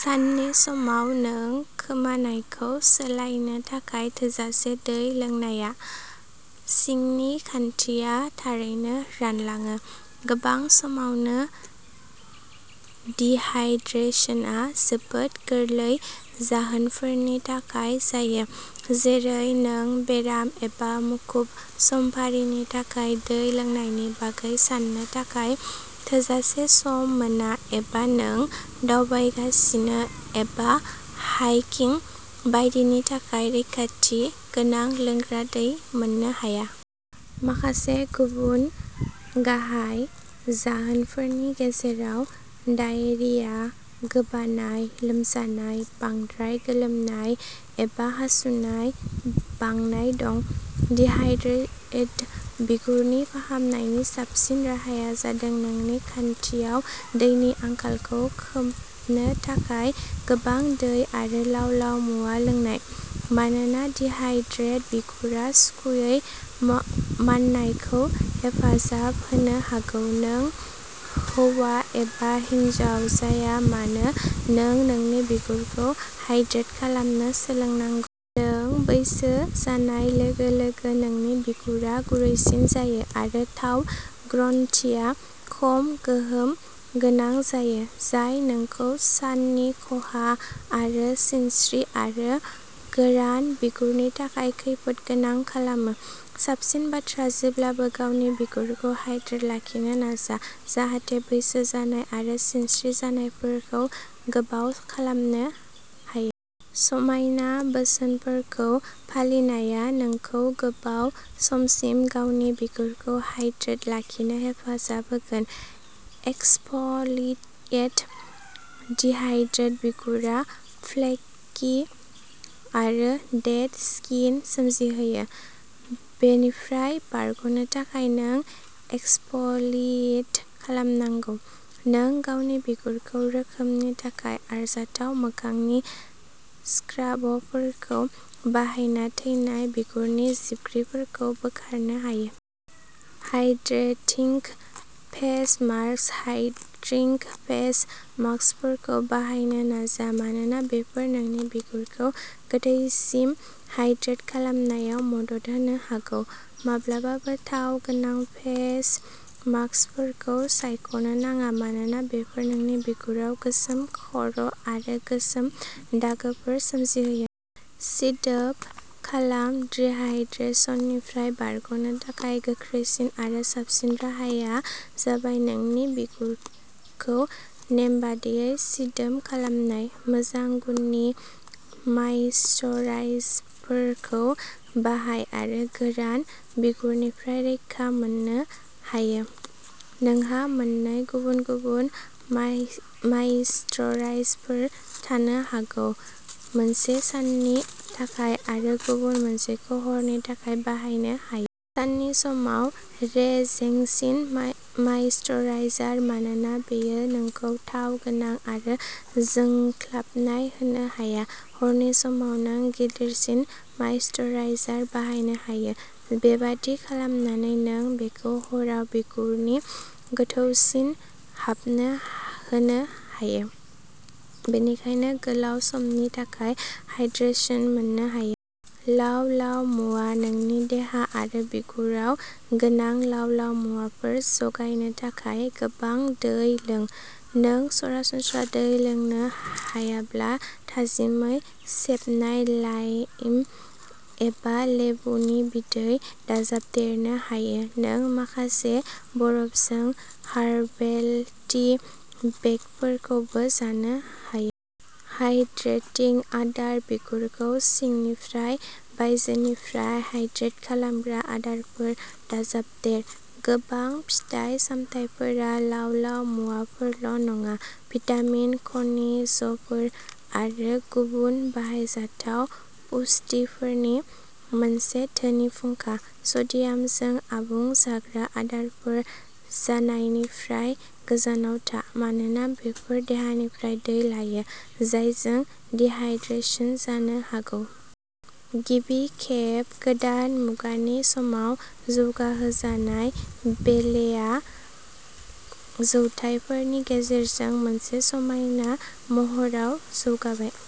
साननि समाव नों खोमानायखौ सोलायनो थाखाय थोजासे दै लोंनाया। सिंनि खान्थिया थारैनो रानलाङो। गोबां समावनो डिहाइड्रेशनआ जोबोद गोरलै जाहोनफोरनि थाखाय जायो जेरै नों बेराम एबा मुखुब समफारिनि थाखाय दै लोंनायनि बागै साननो थाखाय थोजासे सम मोना एबा नों दावबायगासिनो एबा हाइकिं बायदिनि थाखाय रैखाथि गोनां लोंग्रा दै मोननो हाया। माखासे गुबुन गाहाय जाहोनफोरनि गेजेराव डायेरिया, गोबानाय, लोमजानाय, बांद्राय गोलोमनाय एबा हासुनाय बांनाय दं। डिहाइड्रेटेड बिगुरखौ फाहामनायनि साबसिन राहाया जादों नोंनि खान्थियाव दैनि आंखालखौ खोबनो थाखाय गोबां दै आरो लाव-लाव मुवा लोंनाय। मानोना डिहाइड्रेटेड बिगुरा सुखुयै माननायखौ हेफाजाब होनो हागौ, नों हौवा एबा हिनजाव जाया मानो नों नोंनि बिगुरखौ हाइड्रेट खालामनो सोलोंनांगौ। नों बैसो जानाय लोगो-लोगो नोंनि बिगुरा गुरैसिन जायो आरो थाव ग्रन्थिआ खम गोहोम गोनां जायो, जाय नोंखौ साननि खहा आरो सिनस्रि आरो गोरान बिगुरनि थाखाय खैफोद गोनां खालामो। साबसिन बाथ्रा जेब्लाबो गावनि बिगुरखौ हाइड्रेटेड लाखिनो नाजा, जाहाथे बैसो जानाय आरो सिनस्रि जानायफोरखौ गोबाव खालामनो हायो। समायना बोसोनफोरखौ फालिनाया नोंखौ गोबाव समसिम गावनि बिगुरखौ हाइड्रेटेड लाखिनो हेफाजाब होगोन। एक्सफलिएट डिहाइड्रेटेड बिगुरा फ्लेकि आरो डेड स्किन सोमजिहोयो। बेनिफ्राय बारग'नो थाखाय, नों एक्सफलिएट खालामनांगौ। नों गावनि बिगुरनि रोखोमनि थाखाय आरजाथाव मोखांनि स्क्राबफोरखौ बाहायना थैनाय बिगुरनि जिबख्रिफोरखौ बोखारनो हायो। Hydrating face mask hydrating face मास्कफोरखौ बाहायनो नाजा मानोना बेफोर नोंनि बिगुरखौ गोथौसिम हाइड्रेट खालामनायाव मदद होनो हागौ। माब्लाबाबो थाव गोनां फेस मास्कफोरखौ सायख'नो नाङा मानोना बेफोर नोंनि बिगुराव गोसोम खर'आरो गोसोम दागोफोर सोमजिहोयो। सिदोब खालाम डिहाइड्रेशननिफ्राय बारग'नो थाखाय गोख्रैसिन आरो साबसिन राहाया जाबाय नोंनि बिगुरखौ नेमबादियै सिदोब खालामनाय। मोजां गुननि मायिश्चराइजारफोरखौ बाहाय आरो गोरान बिगुरनिफ्राय रैखा मोननो हायो। नोंहा मोननै गुबुन-गुबुन मायिश्चराइजारफोर थानो हागौ, मोनसे साननि थाखाय आरो गुबुन मोनसेखौ हरनि थाखाय बाहायनो हायो। साननि समाव रेजेंसिन मायिश्चराइजार, मानोना बेयो नोंखौ थाव गोनां आरो जोंख्लाबनाय होनो हाया। हरनि समाव, नों गिलिरसिन मायिश्चराइजार बाहायनो हायो। बेबादि खालामनानै, नों बेखौ हराव बिगुरनि गोथौसिम हाबनो होनो हायो, बेनिखायनो गोलाव समनि थाखाय हाइड्रेशन मोननो हायो। लाव-लाव मुवा नोंनि देहा आरो बिगुराव गोनां लाव-लाव मुवाफोर जगायनो थाखाय गोबां दै लों। नों सरासनस्रा दै लोंनो हायाब्ला थाजिमै सेबनाय लाइम एबा लेबुनि बिदै दाजाबदेरनो हायो। नों माखासे बरफजों हार्बेल टी बेगफोरखौबो जानो हायो। हाइड्रेटिं आदार बिगुरखौ सिंनिफ्राय बायजोनिफ्राय हाइड्रेट खालामग्रा आदारफोर दाजाबदेर। गोबां फिथाइ सामथाइफोरा लाव-लाव मुवाफोरल' नङा, भिटामिन, खनिजफोर आरो गुबुन बाहायजाथाव पुष्टिफोरनि मोनसे धोनि फुंखा। सडियामजों आबुं जाग्रा आदारफोर जानायनिफ्राय गोजानाव था, मानोना बेफोर देहानिफ्राय दै लायो, जायजों डिहाइड्रेशन जानो हागौ। गिबि खेब गोदान मुगानि समाव जौगाहोजानाय, बेलेआ जौथायफोरनि गेजेरजों मोनसे समायना महराव जौगाबाय।